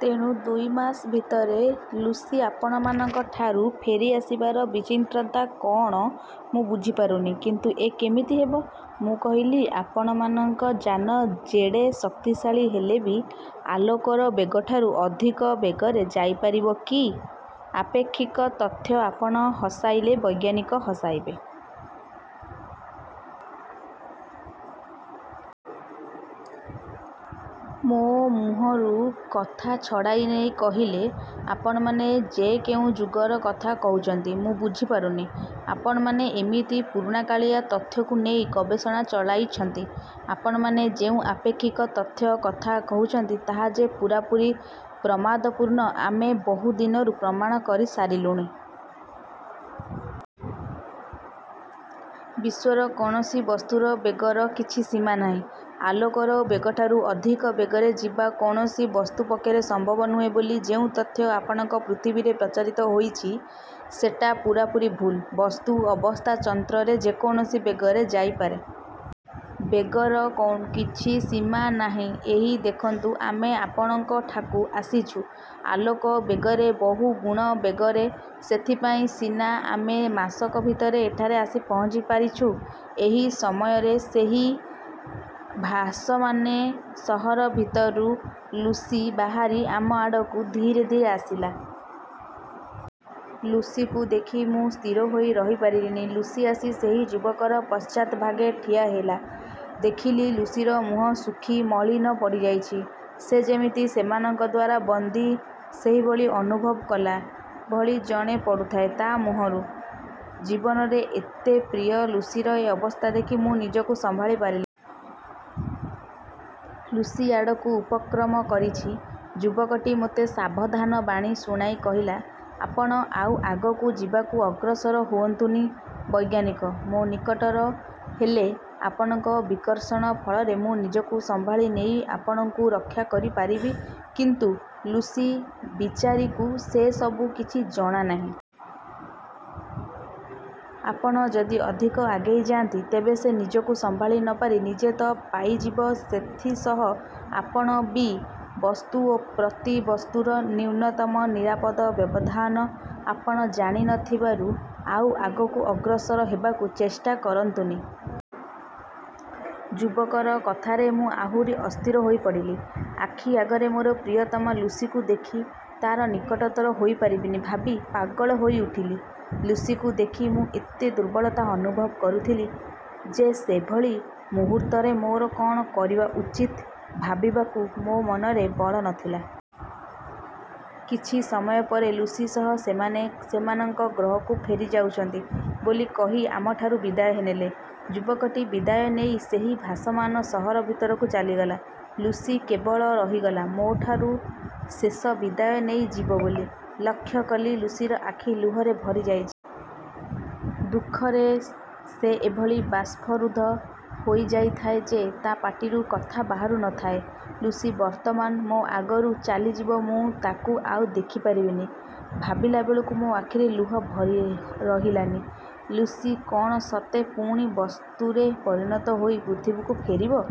ତେଣୁ ଦୁଇ ମାସ ଭିତରେ ଲୁସି ଆପଣମାନଙ୍କଠାରୁ ଫେରି ଆସିବାର ବିଚିନ୍ତ୍ରତା କଅଣ ମୁଁ ବୁଝି ପାରୁନି। କିନ୍ତୁ ଏ କେମିତି ହେବ? ମୁଁ କହିଲି, 'ଆପଣମାନଙ୍କ ଯାନ ଯେଡ଼େ ଶକ୍ତିଶାଳୀ ହେଲେ ବି ଆଲୋକର ବେଗଠାରୁ ଅଧିକ ବେଗରେ ଯାଇପାରିବ କି? ଆପେକ୍ଷିକ ତଥ୍ୟ ଆପଣ ହସାଇଲେ ବୈଜ୍ଞାନିକ ହସାଇଲେ। ମୋ ମୁହଁରୁ କଥା ଛଡ଼ାଇ ନେଇ କହିଲେ, ଆପଣମାନେ ଯେ କେଉଁ ଯୁଗର କଥା କହୁଛନ୍ତି, ମୁଁ ବୁଝି ପାରୁନି। ଆପଣମାନେ ଏମିତି ପୁରୁଣାକାଳିଆ ତଥ୍ୟକୁ ନେଇ ଗବେଷଣା ଚଳାଇଛନ୍ତି। ଆପଣମାନେ ଯେଉଁ ଆପେକ୍ଷିକ ତଥ୍ୟ କଥା କହୁଛନ୍ତି, ତାହା ଯେ ପୂରାପୂରି ପ୍ରମାଦପୂର୍ଣ୍ଣ ଆମେ ବହୁ ଦିନରୁ ପ୍ରମାଣ କରି ସାରିଲୁଣି। ବିଶ୍ୱର କୌଣସି ବସ୍ତୁର ବେଗର କିଛି ସୀମା ନାହିଁ। ଆଲୋକର ବେଗଠାରୁ ଅଧିକ ବେଗରେ ଯିବା କୌଣସି ବସ୍ତୁ ପକ୍ଷରେ ସମ୍ଭବ ନୁହେଁ ବୋଲି ଯେଉଁ ତଥ୍ୟ ଆପଣଙ୍କ ପୃଥିବୀରେ ପ୍ରଚାରିତ ହୋଇଛି, ସେଟା ପୂରାପୂରି ଭୁଲ୍। ବସ୍ତୁ ଅବସ୍ଥାଚନ୍ତ୍ରରେ ଯେ କୌଣସି ବେଗରେ ଯାଇପାରେ। ବେଗର କିଛି ସୀମା ନାହିଁ। ଏହି ଦେଖନ୍ତୁ, ଆମେ ଆପଣଙ୍କଠାକୁ ଆସିଛୁ, ଆଲୋକବେଗରେ ବହୁ ଗୁଣ ବେଗରେ। ସେଥିପାଇଁ ସିନା ଆମେ ମାସକ ଭିତରେ ଏଠାରେ ଆସି ପହଞ୍ଚି ପାରିଛୁ। ଏହି ସମୟରେ ସେହି ଭାସମାନେ ସହର ଭିତରୁ ଲୁସି ବାହାରି ଆମ ଆଡ଼କୁ ଧୀରେ ଧୀରେ ଆସିଲା। ଲୁସିକୁ ଦେଖି ମୁଁ ସ୍ଥିର ହୋଇ ରହିପାରିଲିନି। ଲୁସି ଆସି ସେହି ଯୁବକର ପଶ୍ଚାତ୍ ଭାଗେ ଠିଆହେଲା। ଦେଖିଲି ଲୁସିର ମୁହଁ ଶୁଖି ମଳିନ ପଡ଼ିଯାଇଛି। ସେ ଯେମିତି ସେମାନଙ୍କ ଦ୍ୱାରା ବନ୍ଦୀ, ସେହିଭଳି ଅନୁଭବ କଲା ଭଳି ଜଣା ପଡ଼ୁଥାଏ ତା ମୁହଁରୁ। ଜୀବନର ଏତେ ପ୍ରିୟ ଲୁସିର ଏ ଅବସ୍ଥା ଦେଖି ମୁଁ ନିଜକୁ ସମ୍ଭାଳି ପାରିଲିନି। ଲୁସି ଆଡ଼କୁ ଉପକ୍ରମ କରିଛି, ଯୁବକଟି ମୋତେ ସାବଧାନବାଣୀ ଶୁଣାଇ କହିଲା, 'ଆପଣ ଆଉ ଆଗକୁ ଯିବାକୁ ଅଗ୍ରସର ହୁଅନ୍ତୁନି ବୈଜ୍ଞାନିକ, ମୋ ନିକଟର ହେଲେ ଆପଣଙ୍କ ବିକର୍ଷଣ ଫଳରେ ମୁଁ ନିଜକୁ ସମ୍ଭାଳି ନେଇ ଆପଣଙ୍କୁ ରକ୍ଷା କରି ପାରିବି କିନ୍ତୁ ଲୁସି ବିଚାରୀକୁ ସେ ସବୁ କିଛି ଜଣା ନାହିଁ। ଆପଣ ଯଦି ଅଧିକ ଆଗେଇ ଯାନ୍ତି, ତେବେ ସେ ନିଜକୁ ସମ୍ଭାଳି ନ ପାରି ନିଜେ ତ ପାଇଯିବ ସେଥିସହ ଆପଣ ବି। ବସ୍ତୁ ଓ ପ୍ରତି ବସ୍ତୁର ନ୍ୟୂନତମ ନିରାପଦ ବ୍ୟବଧାନ ଆପଣ ଜାଣି ନ ଥିବାରୁ ଆଉ ଆଗକୁ ଅଗ୍ରସର ହେବାକୁ ଚେଷ୍ଟା କରନ୍ତୁନି। ଯୁବକର କଥାରେ ମୁଁ ଆହୁରି ଅସ୍ଥିର ହୋଇ ପଡ଼ିଲି। ଆଖି ଆଗରେ ମୋର ପ୍ରିୟତମା ଲୁସିକୁ ଦେଖି ତା'ର ନିକଟର ହୋଇପାରିବିନି ଭାବି ପାଗଳ ହୋଇଉଠିଲି? ଲୁସିକୁ ଦେଖି ମୁଁ ଏତେ ଦୁର୍ବଳତା ଅନୁଭବ କରୁଥିଲି ଯେ ସେଭଳି ମୁହୂର୍ତ୍ତରେ ମୋର କ'ଣ କରିବା ଉଚିତ୍ ଭାବିବାକୁ ମୋ ମନରେ ବଳ ନ ଥିଲା। କିଛି ସମୟ ପରେ ଲୁସି ସହ ସେମାନେ ସେମାନଙ୍କ ଗ୍ରହକୁ ଫେରି ଯାଉଛନ୍ତି ବୋଲି କହି ଆମଠାରୁ ବିଦାୟ ନେଲେ। ଯୁବକଟି ବିଦାୟ ନେଇ ସେହି ଭାସମାନ ସହର ଭିତରକୁ ଚାଲିଗଲା। ଲୁସି କେବଳ ରହିଗଲା ମୋଠାରୁ ଶେଷ ବିଦାୟ ନେଇ ଯିବ ବୋଲି। ଲକ୍ଷ୍ୟ କଲି, ଲୁସିର ଆଖି ଲୁହରେ ଭରିଯାଇଛି। ଦୁଃଖରେ ସେ ଏଭଳି ବାଷ୍ପରୁଦ୍ଧ ହୋଇ ଯାଇଥାଏ ଯେ ତା ପାଟିରୁ କଥା ବାହାରୁ ନ ଥାଏ। ଲୁସି ବର୍ତ୍ତମାନ ମୋ ଆଗରୁ ଚାଲିଯିବ, ମୁଁ ତାକୁ ଆଉ ଦେଖିପାରିବିନି, ଭାବିଲାବେଳକୁ ମୋ ଆଖିରେ ଲୁହ ରହିଲାନି। ଲୁସି କ'ଣ ସତେ ପୁଣି ବସ୍ତୁରେ ପରିଣତ ହୋଇ ପୃଥିବୀକୁ ଫେରିବ,